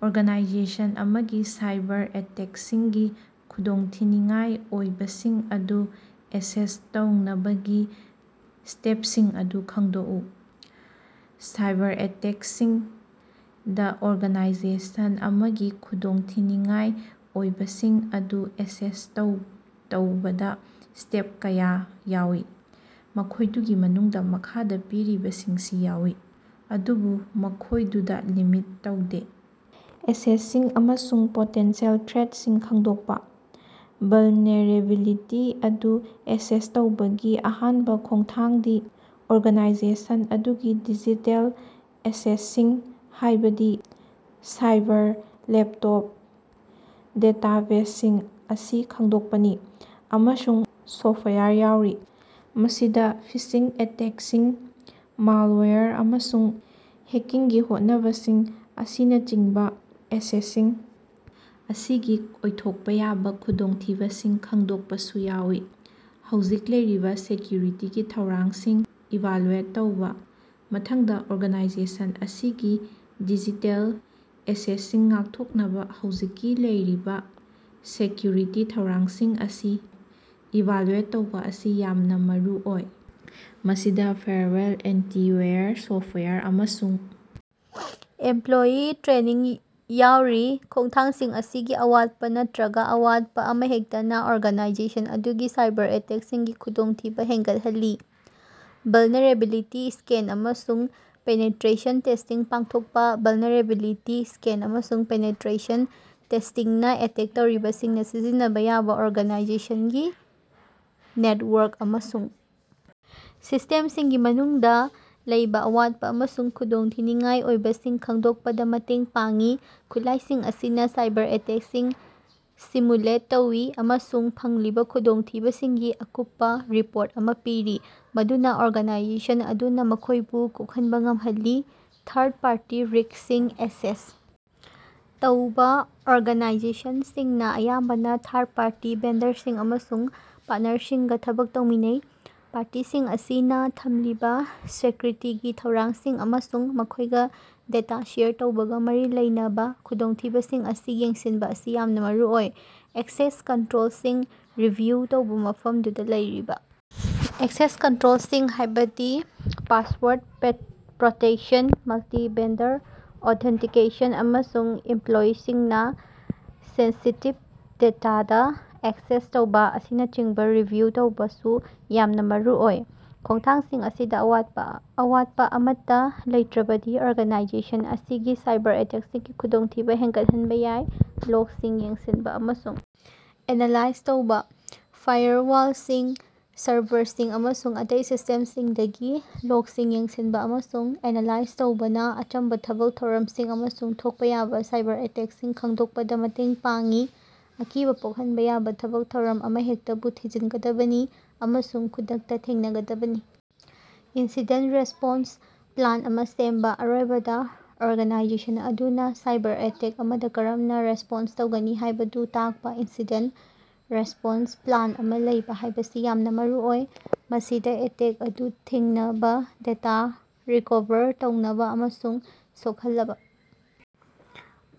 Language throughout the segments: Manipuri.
ꯑꯣꯔꯒꯥꯅꯥꯏꯖꯦꯁꯟ ꯑꯃꯒꯤ ꯁꯥꯏꯕꯔ ꯑꯦꯇꯦꯛꯁꯤꯡꯒꯤ ꯈꯨꯗꯣꯡꯊꯤꯅꯤꯉꯥꯏ ꯑꯣꯏꯕꯁꯤꯡ ꯑꯗꯨ ꯑꯦꯁꯦꯁ ꯇꯧꯅꯕꯒꯤ ꯁ꯭ꯇꯦꯞꯁꯤꯡ ꯑꯗꯨ ꯈꯪꯗꯣꯛꯎ꯫ ꯁꯥꯏꯕꯔ ꯑꯦꯇꯦꯛꯁꯤꯡꯗꯥ ꯑꯣꯔꯒꯥꯅꯥꯏꯖꯦꯁꯟ ꯑꯃꯒꯤ ꯈꯨꯗꯣꯡꯊꯤꯅꯤꯉꯥꯏ ꯑꯣꯏꯕꯁꯤꯡ ꯑꯗꯨ ꯑꯦꯁꯦꯁ ꯇꯧꯕꯗꯥ ꯁ꯭ꯇꯦꯞ ꯀꯌꯥ ꯌꯥꯎꯏ꯫ ꯃꯈꯣꯏꯗꯨꯒꯤ ꯃꯅꯨꯡꯗꯥ ꯃꯈꯥꯗꯥ ꯄꯤꯔꯤꯕꯁꯤꯡꯁꯤ ꯌꯥꯎꯏ, ꯑꯗꯨꯕꯨ ꯃꯈꯣꯏꯗꯨꯗ ꯂꯤꯃꯤꯠ ꯇꯧꯗꯦ: ꯑꯦꯁꯦꯁꯁꯤꯡ ꯑꯃꯁꯨꯡ ꯄꯣꯇꯦꯟꯁꯤꯑꯦꯜ ꯊ꯭ꯔꯦꯠꯁꯤꯡ ꯈꯪꯗꯣꯛꯄꯥ: ꯚꯜꯅꯦꯔꯦꯕꯤꯂꯤꯇꯤ ꯑꯗꯨ ꯑꯦꯁꯦꯁ ꯇꯧꯕꯒꯤ ꯑꯍꯥꯟꯕ ꯈꯣꯡꯊꯥꯡꯗꯤ ꯑꯣꯔꯒꯥꯅꯥꯏꯖꯦꯁꯟ ꯑꯗꯨꯒꯤ ꯗꯤꯖꯤꯇꯦꯜ ꯑꯦꯁꯦꯇꯁꯤꯡ, ꯍꯥꯏꯕꯗꯤ ꯁꯔꯚꯔ, ꯂꯦꯞ ꯇꯣꯞ, ꯗꯦꯇꯥꯕꯦꯖꯁꯤꯡ ꯑꯁꯤ ꯈꯪꯗꯣꯛꯄꯅꯤ꯫ꯑꯃꯁꯨꯡ ꯁꯣꯐꯋꯦꯌꯔ ꯌꯥꯎꯔꯤ꯫ ꯃꯁꯤꯗ ꯐꯤꯁꯤꯡ ꯑꯦꯇꯦꯛꯁꯤꯡ, ꯃꯥꯜꯋꯥꯌꯔ, ꯑꯃꯁꯨꯡ ꯍꯦꯀꯤꯡꯒꯤ ꯍꯣꯠꯅꯕꯁꯤꯡ ꯑꯁꯤꯅꯆꯤꯡꯕ ꯑꯦꯁꯦꯠꯁꯤꯡ ꯑꯁꯤꯒꯤ ꯑꯣꯏꯊꯣꯛꯄ ꯌꯥꯕ ꯈꯨꯗꯣꯡꯊꯤꯕꯁꯤꯡ ꯈꯪꯗꯣꯛꯄꯁꯨ ꯌꯥꯎꯏ꯫ ꯍꯧꯖꯤꯛ ꯂꯩꯔꯤꯕꯥ ꯁꯦꯛꯌꯨꯔꯤꯇꯤꯒꯤ ꯊꯧꯔꯥꯡꯁꯤꯡ ꯏꯚꯥꯂꯨꯑꯦꯠ ꯇꯧꯕꯥ: ꯃꯊꯪꯗꯥ ꯑꯣꯔꯒꯅꯥꯏꯖꯦꯁꯟ ꯑꯁꯤꯒꯤ ꯗꯤꯖꯤꯇꯦꯜ ꯑꯦꯁꯦꯠꯁꯤꯡ ꯉꯥꯛꯊꯣꯛꯅꯕꯥ ꯍꯧꯖꯤꯛ ꯂꯩꯔꯤꯕꯥ ꯁꯦꯛꯌꯨꯔꯤꯇꯤꯒꯤ ꯊꯧꯔꯥꯡꯁꯤꯡ ꯑꯁꯤ ꯏꯚꯥꯂꯨꯑꯦꯠ ꯇꯧꯕꯥ ꯑꯁꯤ ꯌꯥꯝꯅꯥ ꯃꯔꯨꯑꯣꯏ꯫ ꯃꯁꯤꯗꯥ ꯐꯥꯏꯌꯔꯋꯥꯜ, ꯑꯦꯟꯇꯤꯚꯥꯏꯔꯁ ꯁꯣꯐꯋꯥꯌꯔ, ꯑꯃꯁꯨꯡ ꯏꯝꯄꯂꯣꯌꯤ ꯇ꯭ꯔꯦꯅꯤꯡ ꯌꯥꯎꯔꯤ꯫ ꯈꯣꯡꯊꯥꯡꯁꯤꯡ ꯑꯁꯤꯒꯤ ꯑꯋꯥꯠꯄ ꯅꯠꯇ꯭ꯔꯒꯥ ꯑꯋꯥꯠꯄꯥ ꯑꯃꯍꯦꯛꯇꯅ ꯑꯣꯔꯒꯥꯅꯥꯏꯖꯦꯁꯟ ꯑꯗꯨꯒꯤ ꯁꯥꯏꯕꯔ ꯑꯦꯇꯦꯛꯁꯤꯡꯒꯤ ꯈꯨꯗꯣꯡꯊꯤꯕ ꯍꯦꯟꯒꯠꯍꯜꯂꯤ꯫ ꯚꯂꯅꯦꯔꯦꯕꯤꯂꯤꯇꯤ ꯁ꯭ꯀꯦꯟ ꯑꯃꯁꯨꯡ ꯄꯦꯅꯦꯇꯔꯦꯁꯟ ꯇꯦꯁꯇꯤꯡ ꯄꯥꯡꯊꯣꯛꯄꯥ: ꯚꯜꯅꯦꯔꯦꯕꯤꯂꯤꯇꯤ ꯁ꯭ꯀꯦꯟ ꯑꯃꯁꯨꯡ ꯄꯦꯅꯦꯇꯔꯦꯁꯟ ꯇꯦꯁꯇꯤꯡꯅ ꯑꯦꯇꯦꯛ ꯇꯧꯔꯤꯕꯁꯤꯡꯅ ꯁꯤꯖꯤꯟꯅꯕ ꯌꯥꯕꯥ ꯑꯣꯔꯒꯥꯅꯥꯏꯖꯦꯁꯟꯒꯤ ꯅꯦꯠꯋꯥꯔꯛ ꯑꯃꯁꯨꯡ ꯁꯤꯁꯇꯦꯝꯁꯤꯡꯒꯤ ꯃꯅꯨꯡꯗ ꯂꯩꯕ ꯑꯋꯥꯠꯄ ꯑꯃꯁꯨꯡ ꯈꯨꯗꯣꯡꯊꯤꯅꯤꯉꯥꯏ ꯑꯣꯏꯕꯁꯤꯡ ꯈꯪꯗꯣꯛꯄꯗ ꯃꯇꯦꯡ ꯄꯥꯡꯏ꯫ ꯈꯨꯠꯂꯥꯏꯁꯤꯡ ꯑꯁꯤꯅ ꯁꯥꯏꯕꯔ ꯑꯦꯇꯦꯛꯁꯤꯡ ꯁꯤꯃꯨꯂꯦꯠ ꯇꯧꯏ ꯑꯃꯁꯨꯡ ꯐꯪꯂꯤꯕꯥ ꯈꯨꯗꯣꯡꯊꯤꯕꯁꯤꯡꯒꯤ ꯑꯀꯨꯞꯄꯥ ꯔꯤꯄꯣꯔꯠ ꯑꯃꯥ ꯄꯤꯔꯤ, ꯃꯗꯨꯅꯥ ꯑꯣꯔꯒꯥꯅꯥꯏꯖꯦꯁꯟ ꯑꯗꯨꯅ ꯃꯈꯣꯏꯕꯨ ꯀꯣꯛꯍꯟꯕ ꯉꯝꯍꯜꯂꯤ꯫ ꯊꯥꯔꯠ ꯄꯥꯔꯇꯤ ꯔꯤꯛꯁꯁꯤꯡ ꯑꯦꯁꯦꯁ ꯇꯧꯕꯥ: ꯑꯣꯔꯒꯥꯅꯥꯏꯖꯦꯁꯟꯁꯤꯡꯅ ꯑꯌꯥꯝꯕꯅ ꯊꯥꯔꯠꯄꯥꯔꯇꯤ ꯚꯦꯟꯗꯔꯁꯤꯡ ꯑꯃꯁꯨꯡ ꯄꯥꯔꯠꯅꯔꯁꯤꯡꯒꯥ ꯊꯕꯛ ꯇꯧꯃꯤꯟꯅꯩ꯫ ꯄꯥꯔꯇꯤꯁꯤꯡ ꯑꯁꯤꯅꯥ ꯊꯝꯂꯤꯕ ꯁꯦꯀ꯭ꯌꯨꯔꯤꯇꯤꯒꯤ ꯊꯧꯔꯥꯡꯁꯤꯡ ꯑꯃꯁꯨꯡ ꯃꯈꯣꯏꯒ ꯗꯦꯇꯥ ꯁꯦꯌꯔ ꯇꯧꯕꯒ ꯃꯔꯤ ꯂꯩꯅꯕꯥ ꯈꯨꯗꯣꯡꯊꯤꯕꯁꯤꯡ ꯑꯁꯤ ꯌꯦꯡꯁꯤꯟꯕ ꯑꯁꯤ ꯌꯥꯝꯅ ꯃꯔꯨꯑꯣꯏ꯫ ꯑꯦꯛꯁꯦꯁ ꯀꯟꯇ꯭ꯔꯣꯜꯁꯤꯡ ꯔꯤꯚꯤꯌꯨ ꯇꯧꯕ: ꯃꯐꯝꯗꯨꯗ ꯂꯩꯔꯤꯕ ꯑꯦꯛꯁꯦꯁ ꯀꯟꯇ꯭ꯔꯣꯜꯁꯤꯡ, ꯍꯥꯏꯕꯗꯤ ꯄꯥꯁꯋꯥꯔꯗ ꯄ꯭ꯔꯣꯇꯦꯛꯁꯟ, ꯃꯜꯇꯤ-ꯐꯦꯛꯇꯔ ꯑꯣꯊꯦꯟꯇꯤꯀꯦꯁꯟ, ꯑꯃꯁꯨꯡ ꯏꯝꯄꯂꯣꯌꯤꯁꯤꯡꯅ ꯁꯦꯟꯁꯤꯇꯤꯚ ꯗꯦꯇꯥꯗꯥ ꯑꯦꯛꯁꯦꯁ ꯇꯧꯕꯥ ꯑꯁꯤꯅꯆꯤꯡꯕ ꯔꯤꯚꯤꯌꯨ ꯇꯧꯕꯁꯨ ꯌꯥꯝꯅ ꯃꯔꯨꯑꯣꯏ꯫ ꯈꯣꯡꯊꯥꯡꯁꯤꯡ ꯑꯁꯤꯗꯥ ꯑꯋꯥꯠꯄꯥ ꯑꯃꯠꯇꯥ ꯂꯩꯇ꯭ꯔꯕꯗꯤ ꯑꯣꯔꯒꯅꯥꯏꯖꯦꯁꯟ ꯑꯁꯤꯒꯤ ꯁꯥꯏꯕꯔ ꯑꯦꯇꯦꯛꯁꯤꯡꯒꯤ ꯈꯨꯗꯣꯡꯊꯤꯕ ꯍꯦꯟꯒꯠꯍꯟꯕ ꯌꯥꯏ꯫ ꯂꯣꯒꯁꯤꯡ ꯌꯦꯡꯁꯤꯟꯕ ꯑꯃꯁꯨꯡ ꯑꯦꯅꯥꯂꯥꯏꯖ ꯇꯧꯕ: ꯐꯥꯏꯌꯔꯋꯥꯜꯁꯤꯡ, ꯁꯔꯚꯔꯁꯤꯡ ꯑꯃꯁꯨꯡ ꯑꯇꯩ ꯁꯤꯁꯇꯦꯝꯁꯤꯡꯗꯒꯤ ꯂꯣꯒꯁꯤꯡ ꯌꯦꯡꯁꯤꯟꯕ ꯑꯃꯁꯨꯡ ꯑꯦꯅꯥꯂꯥꯏꯖ ꯇꯧꯕꯅ ꯑꯆꯝꯕ ꯊꯕꯛ ꯊꯧꯔꯝꯁꯤꯡ ꯑꯃꯁꯨꯡ ꯊꯣꯛꯄꯥ ꯌꯥꯕꯥ ꯁꯥꯏꯕꯔ ꯑꯦꯇꯦꯛꯁꯤꯡ ꯈꯪꯗꯣꯛꯄꯗ ꯃꯇꯦꯡ ꯄꯥꯡꯏ꯫ ꯑꯀꯤꯕ ꯄꯣꯛꯍꯟꯕ ꯌꯥꯕꯥ ꯊꯕꯛ ꯊꯧꯔꯝ ꯑꯃꯍꯦꯛꯇꯕꯨ ꯊꯤꯖꯤꯟꯒꯗꯕꯅꯤ ꯑꯃꯁꯨꯡ ꯈꯨꯗꯛꯇ ꯊꯦꯡꯅꯒꯗꯕꯅꯤ꯫ ꯏꯟꯁꯤꯗꯦꯟ ꯔꯦꯁꯄꯣꯟꯁ ꯄ꯭ꯂꯥꯟ ꯑꯃ ꯁꯦꯝꯕ: ꯑꯔꯣꯏꯕꯗ, ꯑꯣꯔꯒꯥꯅꯥꯏꯖꯦꯁꯟ ꯑꯗꯨꯅꯥ ꯁꯥꯏꯕꯔ ꯑꯦꯇꯦꯛ ꯑꯃꯗꯥ ꯀꯔꯝꯅ ꯔꯦꯁꯄꯣꯟꯁ ꯇꯧꯒꯅꯤ ꯍꯥꯏꯕꯗꯨ ꯇꯥꯛꯄ ꯏꯟꯁꯤꯗꯦꯟ ꯔꯦꯁ꯭ꯄꯣꯟꯁ ꯄ꯭ꯂꯥꯟ ꯑꯃ ꯂꯩꯕ ꯍꯥꯏꯕꯁꯤ ꯌꯥꯝꯅ ꯃꯔꯨꯑꯣꯏ꯫ ꯃꯁꯤꯗ ꯑꯦꯇꯦꯛ ꯑꯗꯨ ꯊꯤꯡꯅꯕꯥ, ꯗꯦꯇꯥ ꯔꯤꯀꯣꯚꯔ ꯇꯧꯅꯕ ꯑꯃꯁꯨꯡ ꯁꯣꯛꯍꯜꯂꯕ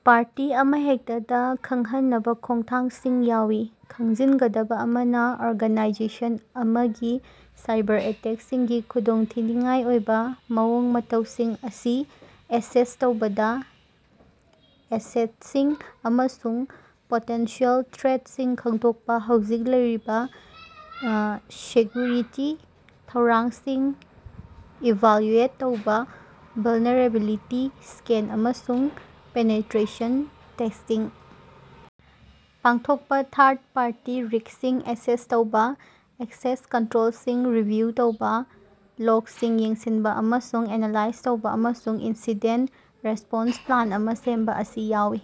ꯄꯥꯔꯇꯤ ꯑꯃꯍꯦꯛꯇꯗꯥ ꯈꯪꯍꯟꯅꯕ ꯈꯣꯡꯊꯥꯡꯁꯤꯡ ꯌꯥꯎꯏ꯫ ꯈꯪꯖꯤꯟꯒꯗꯕ ꯑꯃꯅꯥ, ꯑꯣꯔꯒꯥꯅꯥꯏꯖꯦꯁꯟ ꯑꯃꯒꯤ ꯁꯥꯏꯕꯔ ꯑꯦꯇꯦꯛꯁꯤꯡꯒꯤ ꯈꯨꯗꯣꯡꯊꯤꯅꯤꯉꯥꯏ ꯑꯣꯏꯕ ꯃꯑꯣꯡ-ꯃꯇꯧꯁꯤꯡ ꯑꯁꯤ ꯑꯦꯁꯦꯁ ꯇꯧꯕꯗ, ꯑꯦꯁꯦꯇꯁꯤꯡ ꯑꯃꯁꯨꯡ ꯄꯣꯇꯦꯟꯁꯤꯑꯦꯜ ꯊ꯭ꯔꯦꯠꯁꯤꯡ ꯈꯪꯗꯣꯛꯄ, ꯍꯧꯖꯤꯛ ꯂꯩꯔꯤꯕ ꯁꯦꯛꯌꯨꯔꯤꯇꯤꯒꯤ ꯊꯧꯔꯥꯡꯁꯤꯡ ꯏꯚꯥꯜꯌꯨꯑꯦꯠ ꯇꯧꯕꯥ, ꯚꯂꯅꯦꯔꯦꯕꯤꯂꯤꯇꯤ ꯁ꯭ꯀꯦꯟ ꯑꯃꯁꯨꯡ ꯄꯦꯅꯦꯇꯔꯦꯁꯟ ꯇꯦꯁ꯭ꯇꯤꯡ ꯄꯥꯡꯊꯣꯛꯄꯥ, ꯊꯥꯔꯠ ꯄꯥꯔꯇꯤ ꯔꯤꯛꯁꯁꯤꯡ ꯑꯦꯁꯦꯁ ꯇꯧꯕꯥ, ꯑꯦꯛꯁꯦꯁ ꯀꯟꯇ꯭ꯔꯣꯜꯁꯤꯡ ꯔꯤꯚꯤꯌꯨ ꯇꯧꯕ, ꯂꯣꯒꯁꯤꯡ ꯌꯦꯡꯁꯤꯟꯕ ꯑꯃꯁꯨꯡ ꯑꯦꯅꯥꯂꯥꯏꯖ ꯇꯧꯕ, ꯑꯃꯁꯨꯡ ꯏꯟꯁꯤꯗꯦꯟ ꯔꯦꯁꯄꯣꯟꯁ ꯄ꯭ꯂꯥꯟ ꯑꯃ ꯁꯦꯝꯕ ꯑꯁꯤ ꯌꯥꯎꯏ꯫